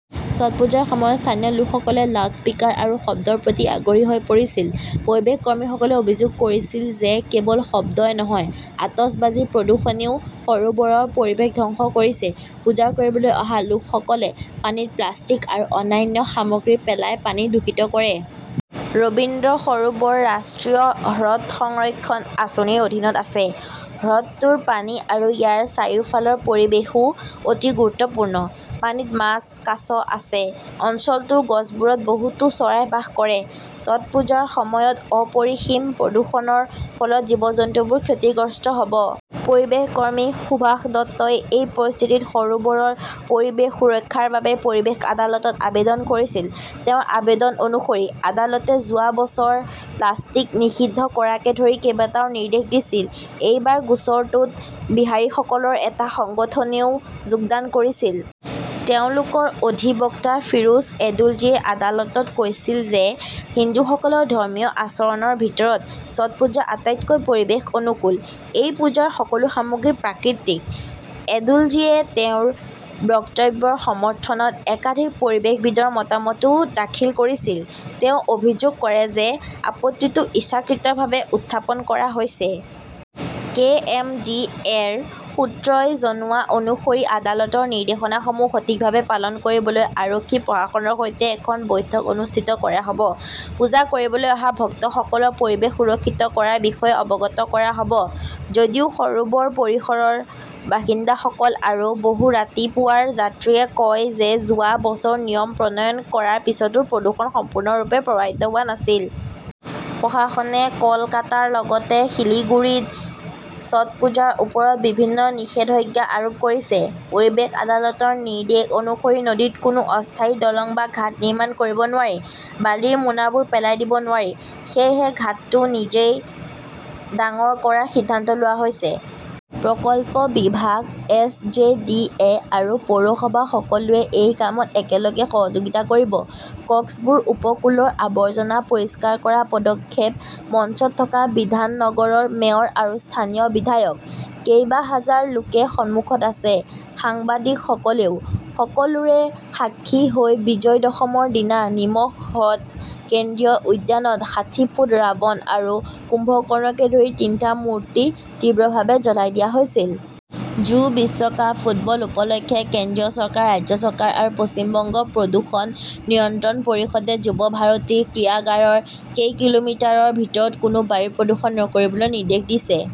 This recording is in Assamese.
ছট পূজাৰ সময়ত স্থানীয় লোকসকলে লাউডস্পিকাৰ আৰু শব্দৰ প্ৰতি আগ্ৰহী হৈ পৰিছিল। পৰিৱেশ কৰ্মীসকলে অভিযোগ কৰিছিল যে কেৱল শব্দই নহয়, আতচবাজীৰ প্ৰদূষণেও সৰোবৰৰ পৰিৱেশ ধ্বংস কৰিছে। পূজা কৰিবলৈ অহা লোকসকলে পানীত প্লাষ্টিক আৰু অন্যান্য সামগ্ৰী পেলাই পানী দূষিত কৰে। ৰবীন্দ্ৰ সৰোবৰ ৰাষ্ট্ৰীয় হ্ৰদ সংৰক্ষণ আঁচনিৰ অধীনত আছে। হ্ৰদটোৰ পানী আৰু ইয়াৰ চাৰিওফালৰ পৰিৱেশও অতি গুৰুত্বপূৰ্ণ। পানীত মাছ, কাছ আছে। অঞ্চলটোৰ গছবোৰত বহুতো চৰাই বাস কৰে। ছট পূজাৰ সময়ত অপৰিসীম প্ৰদূষণৰ ফলত জীৱ-জন্তুবোৰ ক্ষতিগ্ৰস্ত হব। পৰিৱেশ কৰ্মী সুভাষ দত্তই এই পৰিস্থিতিত সৰোবৰৰ পৰিৱেশ সুৰক্ষাৰ বাবে পৰিৱেশ আদালতত আবেদন কৰিছিল। তেওঁৰ আবেদন অনুসৰি আদালতে যোৱা বছৰ প্লাষ্টিক নিষিদ্ধ কৰাকে ধৰি কেইবাটাও নিৰ্দেশ দিছিল। এইবাৰ গোচৰটোত বিহাৰীসকলৰ এটা সংগঠনেও যোগদান কৰিছিল। তেওঁলোকৰ অধিবক্তা ফিৰোজ এডুলজীয়ে আদালতত কৈছিল যে হিন্দুসকলৰ ধৰ্মীয় আচৰণৰ ভিতৰত ছট পূজা আটাইতকৈ পৰিৱেশ অনুকূল। এই পূজাৰ সকলো সামগ্ৰী প্ৰাকৃতিক। এডুলজীয়ে তেওঁৰ বক্তব্যৰ সমৰ্থনত একাধিক পৰিৱেশবিদৰ মতামতও দাখিল কৰিছিল। তেওঁ অভিযোগ কৰে যে আপত্তিটো ইচ্ছাকৃতভাৱে উত্থাপন কৰা হৈছে। কে. এম. ডি. এ. -ৰ সূত্ৰই জনোৱা অনুসৰি আদালতৰ নিৰ্দেশনাসমূহ সঠিকভাৱে পালন কৰিবলৈ আৰক্ষী-প্ৰশাসনৰ সৈতে এখন বৈঠক অনুষ্ঠিত কৰা হব। পূজা কৰিবলৈ অহা ভক্তসকলক পৰিৱেশ সুৰক্ষিত কৰাৰ বিষয়েও অৱগত কৰা হব। যদিও সৰোবৰ পৰিসৰৰ বাসিন্দাসকল আৰু বহু ৰাতিপুৱাৰ যাত্ৰীয়ে কয় যে যোৱা বছৰ নিয়ম প্ৰণয়ন কৰাৰ পিছতো প্ৰদূষণ সম্পূৰ্ণৰূপে প্ৰভাৱিত হোৱা নাছিল। প্ৰশাসনে কলকাতাৰ লগতে শিলিগুড়িত ছট পূজাৰ ওপৰত বিভিন্ন নিষেধাজ্ঞা আৰোপ কৰিছে। পৰিৱেশ আদালতৰ নিৰ্দেশ অনুসৰি নদীত কোনো অস্থায়ী দলং বা ঘাট নিৰ্মাণ কৰিব নোৱাৰি। বালিৰ মোনাবোৰ পেলাই দিব নোৱাৰি। সেয়েহে ঘাটটো নিজেই ডাঙৰ কৰাৰ সিদ্ধান্ত লোৱা হৈছে। প্ৰকল্প বিভাগ, এছ. জে. ডি. এ. আৰু পৌৰসভা-সকলোৱে এই কামত একেলগে সহযোগিতা কৰিব। কক্সবুৰ উপকূলৰ আৱৰ্জনা পৰিষ্কাৰ কৰাৰ পদক্ষেপ মঞ্চত থকা বিধাননগৰৰ মেয়ৰ আৰু স্থানীয় বিধায়ক। কেইবা হাজাৰ লোকে সন্মুখত আছে, সাংবাদিকসকলেও। সকলোৰে সাক্ষী হৈ বিজয় দশমৰ দিনা নিমখ হ্ৰদ কেন্দ্ৰীয় উদ্যানত ষাঠি ফুট ৰাৱণ আৰু কুম্ভকৰ্ণকে ধৰি তিনিটা মূৰ্তি তীব্ৰভাৱে জ্বলাই দিয়া হৈছিল। যু- বিশ্বকাপ ফুটবল উপলক্ষে কেন্দ্ৰীয় চৰকাৰ, ৰাজ্য চৰকাৰ আৰু পশ্চিম বংগ প্ৰদূষণ নিয়ন্ত্ৰণ পৰিষদে যুৱ ভাৰতী ক্ৰীড়াগাৰৰ কেইকিলোমিটাৰৰ ভিতৰত কোনো বায়ু প্ৰদূষণ নকৰিবলৈ নিৰ্দেশ দিছে।